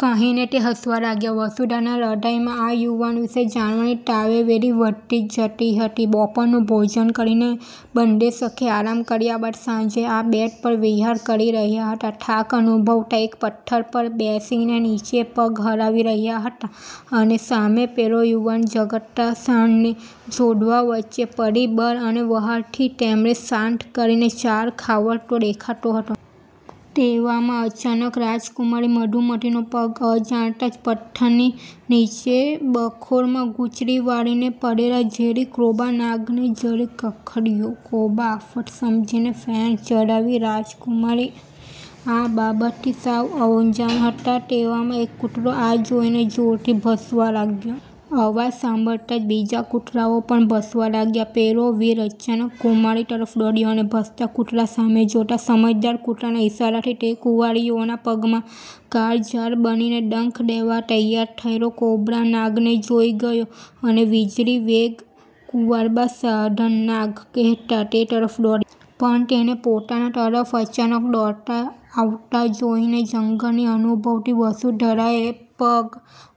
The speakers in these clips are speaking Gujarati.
કહીને તે હસવા લાગ્યાં. વસુંધરાનાં હ્નદયમાં આ યુવાન વિશે જાણવાની તાલાવેલી વધતી જ જતી હતી. બપોરનું ભોજન કરીને બંને સખી આરામ કર્યા બાદ સાંજે આ બેટ પર વિહાર કરી રહ્યાં હતાં. થાક અનુભવતાં એક પથ્થર પર બેસીને નીચે પગ હલાવી રહ્યાં હતાં અને સામે પેલો યુવાન ઝગડતાં સાંઢને છોડાવા વચ્ચે પડી બળ અને વ્હાલથી તેમણે શાંત કરીને ચાર ખવડાવતો દેખાતો હતો. તેવામાં અચાનક રાજકુમારી મધુમતીનો પગ અજાણતાં જ પથ્થરની નીચે બખોલમાં ગુંચળું વાળીને પોઢેલા ઝેરી કોબા નાગને જરીક અથડાયો. કોબા આફત સમજીને ફેણ ચડાવી. રાજકુમારી આ બાબતથી સાવ અજાણ હતાં. તેવામાં એક કૂતરો આ જોઈને જોરથી ભસવા લાગ્યો. અવાજ સાંભળતાં જ બીજા કુતરાંઓ પણ ભસવા લાગ્યાં. પેલો વીર અચાનક કુમારી તરફ દોડ્યો અને ભસતાં કુતરાં સામે જોતાં સમજદાર કુતરાના ઇશારાથી તે કુંવરીઓના પગમાં કાળઝાળ બનીને ડંખ દેવા તૈયાર થયેલો કોબ્રા નાગને જોઈ ગયો અને વીજળી વેગે "કુંવરબા સાવધાન, નાગ" કહેતો તે તરફ દોડ્યો. પણ તેને પોતાનાં તરફ અચાનક દોડતો આવતો જોઈ જંગલની અનુભવી વસુંધરાએ પગ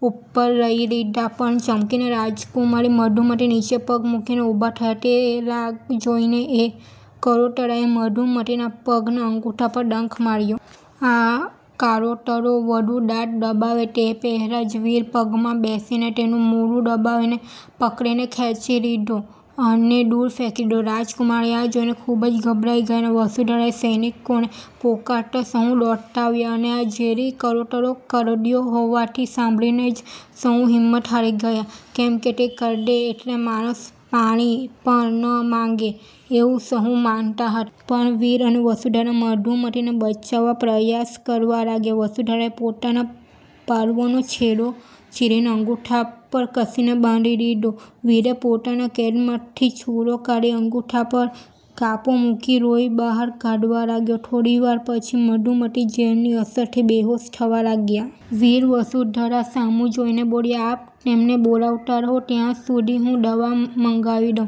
ઉપર લઈ લીધા પણ ચમકીને રાજકુમારી મધુમતી નીચે પગ મૂકીને ઊભાં થયાં. એ લાગ જોઈને એ કાળોતરાએ મધુમતીનાં પગનાં અંગુઠા પર ડંખ માર્યો. આ કાળોતરો વઘુ દાંત દબાવે તે પહેલાં જ વીર પગમાં બેસીને તેનું મોઢું દબાવીને પકડીને ખેંચી લીધો અને દુર ફેંકી દીધો. રાજકુમારી આ જોઈને ખુબ જ ગભરાઈ ગયાં અને વસુંધરાએ સૈનિકોને પોકારતાં સહુ દોડતાં આવ્યાં, અને આ ઝેરી કાળોતરો કરડ્યો હોવાનું સાંભળીને જ સહુ હિંમત હારી ગયાં, કેમ કે તે કરડે એટલે માણસ પાણી પણ ન માંગે એવું સહુ માનતા હતાં. પણ વીર અને વસુંધરા મધુમતીને બચાવવાં પ્રયાસ કરવા લાગ્યાં. વસુંધરાએ પોતાનો પાલવનો છેડો ચીરીને અંગુઠા પર કસીને બાંધી અને વીરે પોતાની કેડમાંથી છૂરો કાઢી અંગુઠા પર કાપો મૂકી લોહી બહાર કાઢવાં લાગ્યો. થોડીવાર પછી મધુમતી ઝેરની અસરથી બેહોશ થવાં લાગ્યાં. વીર વસુંધરા સામું જોઈને બોલ્યો,"આપ તેમને બોલાવતાં રહો, ત્યાં સુધી હું દવા મંગાવી દઉ"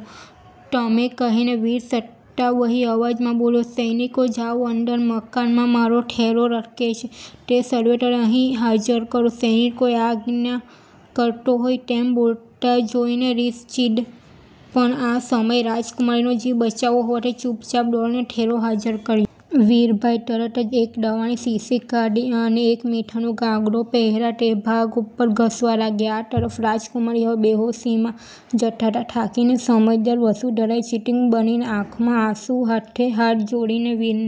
તેમ કહીને વીર સત્તાવહી અવાજમાં બોલ્યો,"સૈનિકો જાવો અંદર મકાનમાં મારો થેલો લટકે છે, તે સત્વરે અહીં હાજર કરો." સૈનિકોને આ આજ્ઞા કરતો હોય તેમ બોલતો જોઈને રીસ ચડી પણ આ સમય રાજકુમારીનો જીવ બચાવવાનો હોવાથી તે ચુપચાપ દોડીને થેલો હાજર કર્યોં. વીરભાઈએ તરત જ એક દવાની શીશી કાઢી અને એક મીઠાનો ગાંગડો પહેલાં તે ભાગ પર ઘસવાં લાગ્યો. આ તરફ રાજકુમારી હવે બેહોશીમાં જતાં હતાં. થાકીને સમજદાર વસુંધરાએ ચિંતિત બનીને આંખમાં આંસું સાથે હાથ જોડીને વીરને